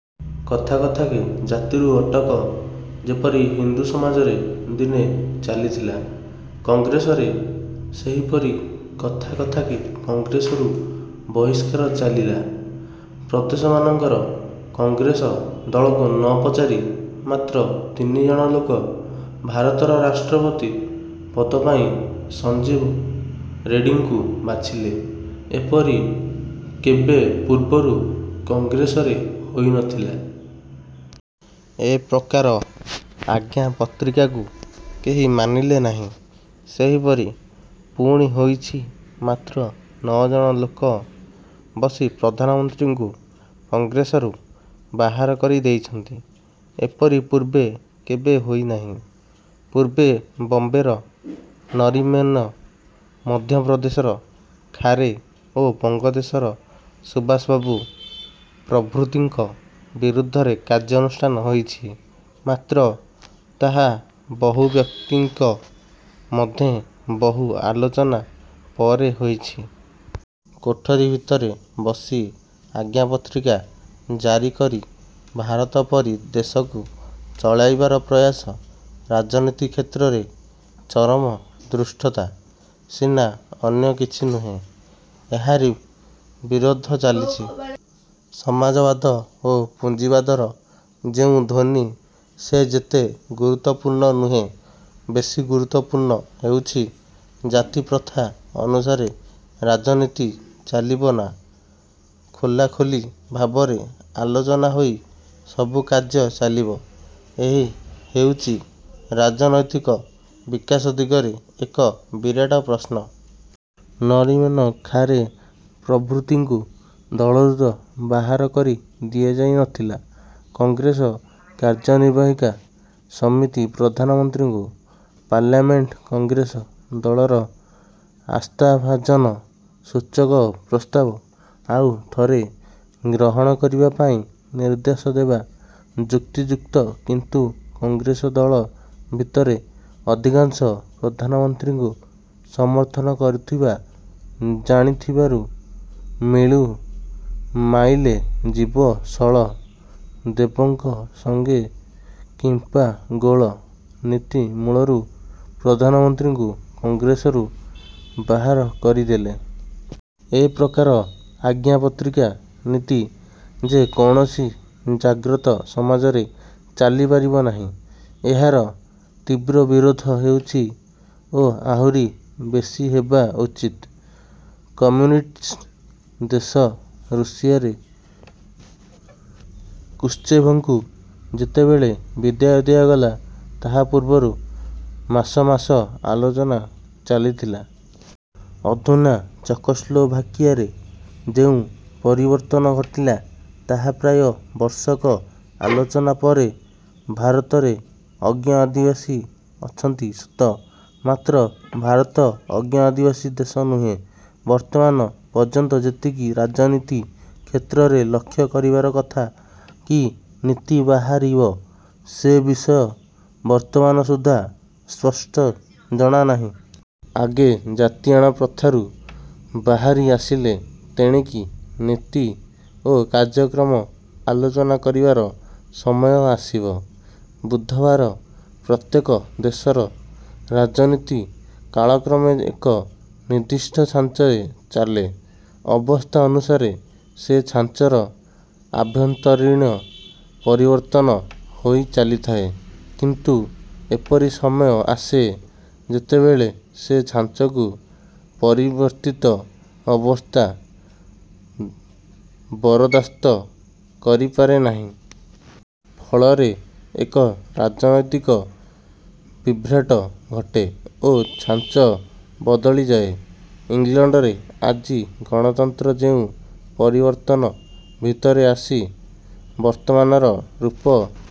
କଥା କଥାକେ ଜାତିରୁ ଅଟକ ଯେପରି ହିନ୍ଦୁ ସମାଜରେ ଦିନେ ଚାଲିଥିଲା, କଂଗ୍ରେସରେ ସେହିପରି କଥା କଥାକେ କଂଗ୍ରେସରୁ ବହିଷ୍କାର ଚାଲିଲା। ପ୍ରଦେଶମାନଙ୍କର କଂଗ୍ରେସ ଦଳକୁ ନ ପଚାରି ମାତ୍ର ତିନିଜଣ ଲୋକ ଭାରତର ରାଷ୍ଟ୍ରପତି ପଦ ପାଇଁ ସଞ୍ଜୀବ ରେଡ଼ିଙ୍କୁ ବାଛିଲେ। ଏପରି କେବେ ପୂର୍ବରୁ କଂଗ୍ରେସରେ ହୋଇ ନଥିଲା। ଏ ପ୍ରକାର ଆଜ୍ଞା ପତ୍ରିକାକୁ କେହି ମାନିଲେ ନାହିଁ। ସେହିପରି ପୁଣି ହୋଇଛି ମାତ୍ର ନଅଜଣ ଲୋକ ବସି ପ୍ରଧାନମନ୍ତ୍ରୀଙ୍କୁ କଂଗ୍ରେସରୁ ବାହାର କରି ଦେଇଛନ୍ତି। ଏପରି ପୂର୍ବେ କେବେ ହୋଇନାହିଁ। ପୂର୍ବେ ବମ୍ବେର ନରିମେନ, ମଧ୍ୟପ୍ରଦେଶର ଖାରେ ଓ ବଙ୍ଗଦେଶର ସୁଭାଷବାବୁ ପ୍ରଭୃତିଙ୍କ ବିରୁଦ୍ଧରେ କାର୍ଯ୍ୟାନୁଷ୍ଠାନ ହୋଇଛି; ମାତ୍ର ତାହା ବହୁବ୍ୟକ୍ତିଙ୍କ ମଧ୍ୟେ ବହୁ ଆଲୋଚନା ପରେ ହୋଇଛି। କୋଠରୀ ଭିତରେ ବସି ଆଜ୍ଞା ପତ୍ରିକା ଜାରି କରି ଭାରତ ପରି ଦେଶକୁ ଚଳାଇବାର ପ୍ରୟାସ ରାଜନୀତି କ୍ଷେତ୍ରରେ ଚରମ ଧୃଷ୍ଟତା ସିନା ଅନ୍ୟ କିଛି ନୁହେଁ। ଏହାରି ବିରୋଧ ଚାଲିଛି। ସମାଜବାଦ ଓ ପୁଞ୍ଜିବାଦର ଯେଉଁ ଧ୍ୱନି ସେ ଯେତେ ଗୁରୁତ୍ୱପୂର୍ଣ୍ଣ ନୁହେଁ, ବେଶି ଗୁରୁତ୍ୱପୂର୍ଣ୍ଣ ହେଉଛି, ଜାତିପ୍ରଥା ଅନୁସାରେ ରାଜନୀତି ଚାଲିବ ନାଁ ଖୋଲାଖୋଲି ଭାବରେ ଆଲୋଚନା ହୋଇ ସବୁ କାର୍ଯ୍ୟ ଚାଲିବ- ଏହି ହେଉଛି ରାଜନୈତିକ ବିକାଶ ଦିଗରେ ଏକ ବିରାଟ ପ୍ରଶ୍ନ। ନରିମେନ, ଖାରେ ପ୍ରଭୃତିଙ୍କୁ ଦଳରୁ ତ ବାହାର କରି ଦିଆଯାଇ ନଥିଲା। କଂଗ୍ରେସ କାର୍ଯ୍ୟନିର୍ବାହିକା ସମିତି ପ୍ରଧାନମନ୍ତ୍ରୀଙ୍କୁ ପାର୍ଲାମେଣ୍ଟ କଂଗ୍ରେସ ଦଳର ଆସ୍ଥାଭାଜନ ସୂଚକ ପ୍ରସ୍ତାବ ଆଉ ଥରେ ଗ୍ରହଣ କରିବାପାଇଁ ନିର୍ଦ୍ଦେଶ ଦେବା ଯୁକ୍ତିଯୁକ୍ତ; କିନ୍ତୁ କଂଗ୍ରେସ ଦଳ ଭିତରେ ଅଧିକାଂଶ ପ୍ରଧାନମନ୍ତ୍ରୀଙ୍କୁ ସମର୍ଥନ କରୁଥିବା ଜାଣିଥିବାରୁ ''ମୁଳୁ ମାଇଲେ ଯିବ ଶଳ, ଦେବଙ୍କ ସଙ୍ଗେ କିମ୍ପା ଗୋଳ'' ନୀତି ମୂଳରୁ ପ୍ରଧାନମନ୍ତ୍ରୀଙ୍କୁ କଂଗ୍ରେସରୁ ବାହାର କରିଦେଲେ। ଏ ପ୍ରକାର ''ଆଜ୍ଞା ପତ୍ରିକା ନୀତି'' ଯେ କୌଣସି ଜାଗ୍ରତ ସମାଜରେ ଚାଲିପାରିବ ନାହିଁ। ଏହାର ତୀବ୍ର ବିରୋଧ ହେଉଛି ଓ ଆହୁରି ବେଶି ହେବା ଉଚିତ। କମ୍ୟୁନିଷ୍ଟ ଦେଶ ରୁଷିଆରେ କୁଶ୍ଚେଭଙ୍କୁ ଯେତେବେଳେ ବିଦାୟ ଦିଆଗଲା ତାହା ପୂର୍ବରୁ ମାସ ମାସ ଆଲୋଚନା ଚାଲିଥିଲା। ଅଧୁନା ଚେକୋସ୍ଲୋଭାକିଆରେ ଯେଉଁ ପରିବର୍ତ୍ତନ ଘଟିଲା, ତାହା ପ୍ରାୟ ବର୍ଷକ ଆଲୋଚନା ପରେ। ଭାରତରେ ଅଜ୍ଞ ଆଦିବାସୀ ଅଛନ୍ତି ସତ ମାତ୍ର ଭାରତ ଅଜ୍ଞ ଆଦିବାସୀ ଦେଶ ନୁହେଁ। ବର୍ତ୍ତମାନ ପର୍ଯ୍ୟନ୍ତ ଏତିକି ରାଜନୀତି କ୍ଷେତ୍ରରେ ଲକ୍ଷ୍ୟ କରିବାର କଥା। କି ନୀତି ବାହାରିବ ସେ ବିଷୟ ବର୍ତ୍ତମାନ ସୁଦ୍ଧା ସ୍ପଷ୍ଟ ଜଣାନାହିଁ। ଆଗେ ଜାତିଆଣ ପ୍ରଥାରୁ ବାହାରି ଆସିଲେ ତେଣିକି ନୀତି ଓ କାର୍ଯ୍ୟକ୍ରମ ଆଲୋଚନା କରିବାର ସମୟ ଆସିବ। ବୁଧବାର ପ୍ରତ୍ୟେକ ଦେଶର ରାଜନୀତି କାଳକ୍ରମେ ଏକ ନିର୍ଦ୍ଦିଷ୍ଟ ଛାଞ୍ଚରେ ଚାଲେ। ଅବସ୍ଥା ଅନୁସାରେ ସେ ଛାଞ୍ଚର ଆଭ୍ୟନ୍ତରୀଣ ପରିବର୍ତ୍ତନ ହୋଇ ଚାଲିଥାଏ; କିନ୍ତୁ ଏପରି ସମୟ ଆସେ, ଯେତେବେଳେ ସେ ଛାଞ୍ଚକୁ ପରିବର୍ତ୍ତିତ ଅବସ୍ଥା ବରଦାସ୍ତ କରିପାରେ ନାହିଁ। ଫଳରେ ଏକ ରାଜନୈତିକ ବିଭ୍ରାଟ ଘଟେ ଓ ଛାଞ୍ଚ ବଦଳିଯାଏ। ଇଂଲଣ୍ଡରେ ଆଜିର ଗଣତନ୍ତ୍ର ଯେଉଁ ପରିବର୍ତ୍ତନ ଭିତରେ ଆସି ବର୍ତ୍ତମାନର ରୂପ